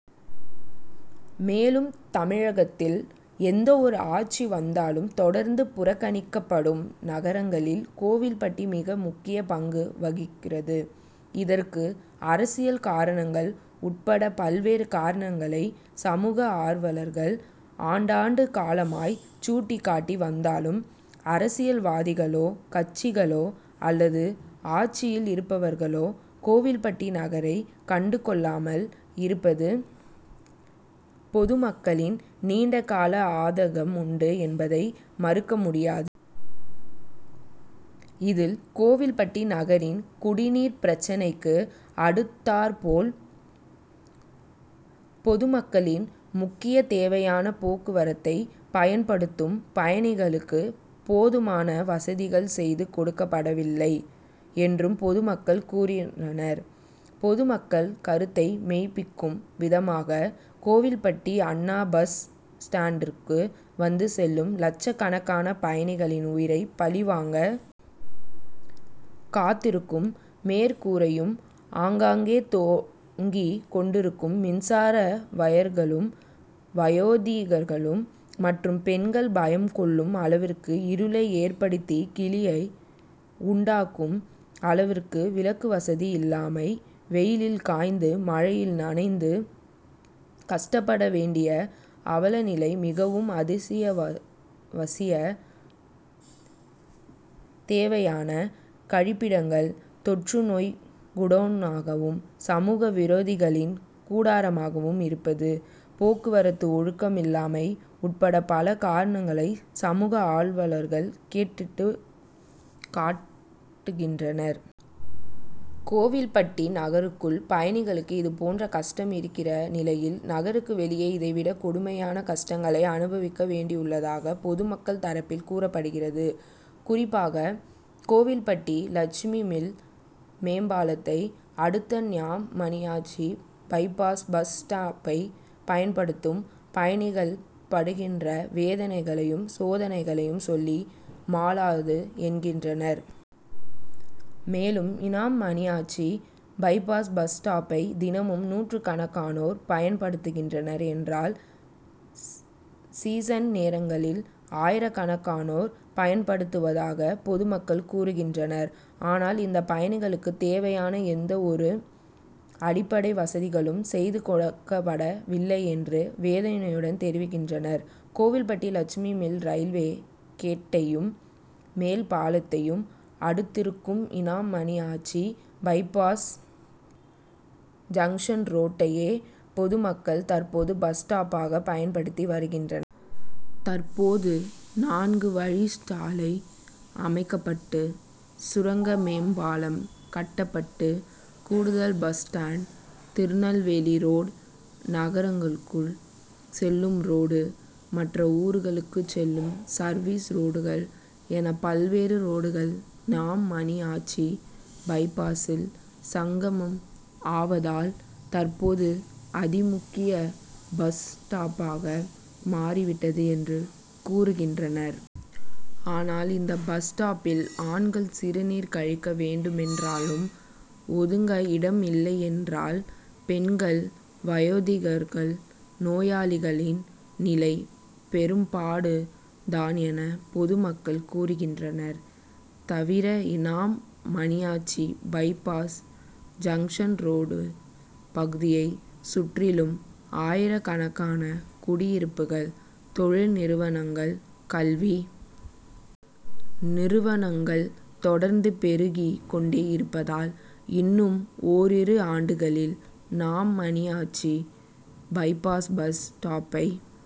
மேலும் தமிழகத்தில் எந்தவொரு ஆட்சி வந்தாலும் தொடர்ந்து புறக்கணிக்கப்படும் நகரங்களில் கோவில்பட்டி மிக முக்கிய பங்கு வகிக்கிறது. இதற்கு அரசியல் காரணங்கள் உட் பட பல்வேறு காரணங்களை சமூக ஆர்வலர்கள் ஆண்டாண்டு காலமாய் சூட்டிக்காட்டி வந்தாலும் அரசியல்வாதிகளோ, கட்சிகளோ அல்லது ஆட்சியில் இருப்பவர்களோ கோவில்பட்டி நகரை கண்டுகொள்ளாமல் இருப்பது பொதுமக்களின் நீண்டகால ஆதங்கம் உண்டு என்பதை மறுக்க முடியா. இதில் கோவில்பட்டி நகரின் குடிநீர் பிரச்னைக்கு அடுத்தாற்போல், பொதுமக்களின் முக்கிய தேவையான போக்குவரத்தை பயன்படுத்தும் பயணிகளுக்கு போதுமான வசதிகள் செய்து கொடுக்கப்படவில்லை என்று பொதுமக்கள் கூறுகின்றனர். பொதுமக்கள் கருத்தை மெய்பிக்கும் விதமாக கோவில்பட்டி அண்ணா பஸ் ஸ்டாண்டிற்கு வந்து செல்லும் லட்சக்கணக்கான பயணிகளின் உயிரை பலிவாங்க காத்திருக்கும் மேற்கூரையும், ஆங்காங்கே தொங்கிக் கொண்டிருக்கும் மின்சார வயர்களும், வயோதிகர்கள் மற்றும் பெண்கள் பயம் கொள்ளும் அளவிற்கு இருளை ஏற்படுத்தி கிலியை உண்டாக்கும் அளவிற்கு விளக்குவசதி இல்லாமை, வெயிலில் காய்ந்து, மழையில் நனைந்து கஷ்டப்பட வேண்டிய அவலநிலை, மிகவும் அத்தியாவசிய தேவையான கழிப்பிடங்கள் தொற்றுநோய் குடோனாகவும், சமூக விரோதிகளின் கூடாரமாகவும் இருப்பது, போக்குவரத்து ஒழுக்கம் இல்லாமை உட்பட பல காரணங்களை சமூக ஆர்வலர்கள் கேட்டுட்டு காட்டுகின்றனர். கோவில்பட்டி நகருக்குள் பயணிகளுக்கு இதுபோன்ற கஷ்டம் இருக்கிற நிலையில், நகருக்கு வெளியே இதைவிட கொடுமையான கஷ்டங்களை அனுபவிக்க வேண்டியுள்ளதாக பொதுமக்கள் தரப்பில் கூறப்படுகிறது. குறிப்பாக கோவில்பட்டி லட்சுமி மில் மேம்பாலத்தை அடுத்த இனாம் மணியாச்சி பைபாஸ் பஸ் ஸ்டாப்பை பயன்படுத்தும் பயணிகள் படுகின்ற வேதனைகளையும் சோதனைகளையும் சொல்லி மாளாது என்கின்றனர். மேலும் இனாம் மணியாச்சி பைபாஸ் பஸ் ஸ்டாப்பை தினமும் நூற்றுக்கணக்கானோர் பயன்படுத்துகின்றனர் என்றால், சீசன் நேரங்களில் ஆயிரக்கணக்கானோர் பயன்படுத்துவதாக பொதுமக்கள் கூறுகின்றனர். ஆனால் இந்த பயணிகளுக்கு தேவையான எந்தவொரு அடிப்படை வசதிகளும் செய்து கொடுக்கப்பட வில்லை என்று வேதனையுடன் தெரிவிக்கின்றனர். கோவில்பட்டி லட்சுமி மில் ரயில்வே கேட்டையும், மேல்பாலத்தையும் அடுத்திருக்கும் இனாம் மணியாச்சி பைபாஸ் ஜங்ஷன் ரோட்டையே பொதுமக்கள் தற்போது பஸ் ஸ்டாப்பாக பயன்படுத்தி வருகின்ற. தற்போது நான்கு வழிச்சாலை அமைக்கப்பட்டு, சுரங்க மேம்பாலம் கட்டப்பட்டு கூடுதல் பஸ் ஸ்டாண்ட், திருநெல்வேலி ரோடு, நகருக்குள் செல்லும் ரோடு, மற்ற ஊர்களுக்கு செல்லும் சர்வீஸ் ரோடுகள் என பல்வேறு ரோடுகள் இனாம் மணியாச்சி பைபாசில் சங்கமம் ஆவதால் தற்போது அதிமுக்கிய பஸ் ஸ்டாப்பாக மாறிவிட்டது என்று கூறுகின்றனர். ஆனால் இந்த பஸ் ஸ்டாப்பில் ஆண்கள் சிறுநீர் கழிக்க வேண்டுமென்றாலும் ஒதுங்க இடம் இல்லையென்றால், பெண்கள், வயோதிகர்கள், நோயாளிகளின் நிலை பெரும்பாடு தான் என பொதுமக்கள் கூறுகின்றனர். தவிர Inam Maniyachi bypass junction road பகுதியை சுற்றிலும் ஆயிரக்கணக்கான குடியிருப்புகள், தொழில் நிறுவனங்கள், கல்வி நிறுவனங்கள் தொடர்ந்து பெருகிக் கொண்டே இருப்பதால் இன்னும் ஓரிரு ஆண்டுகளில் னாம் மணியாச்சி பைபாஸ் பஸ் ஸ்டாப்பை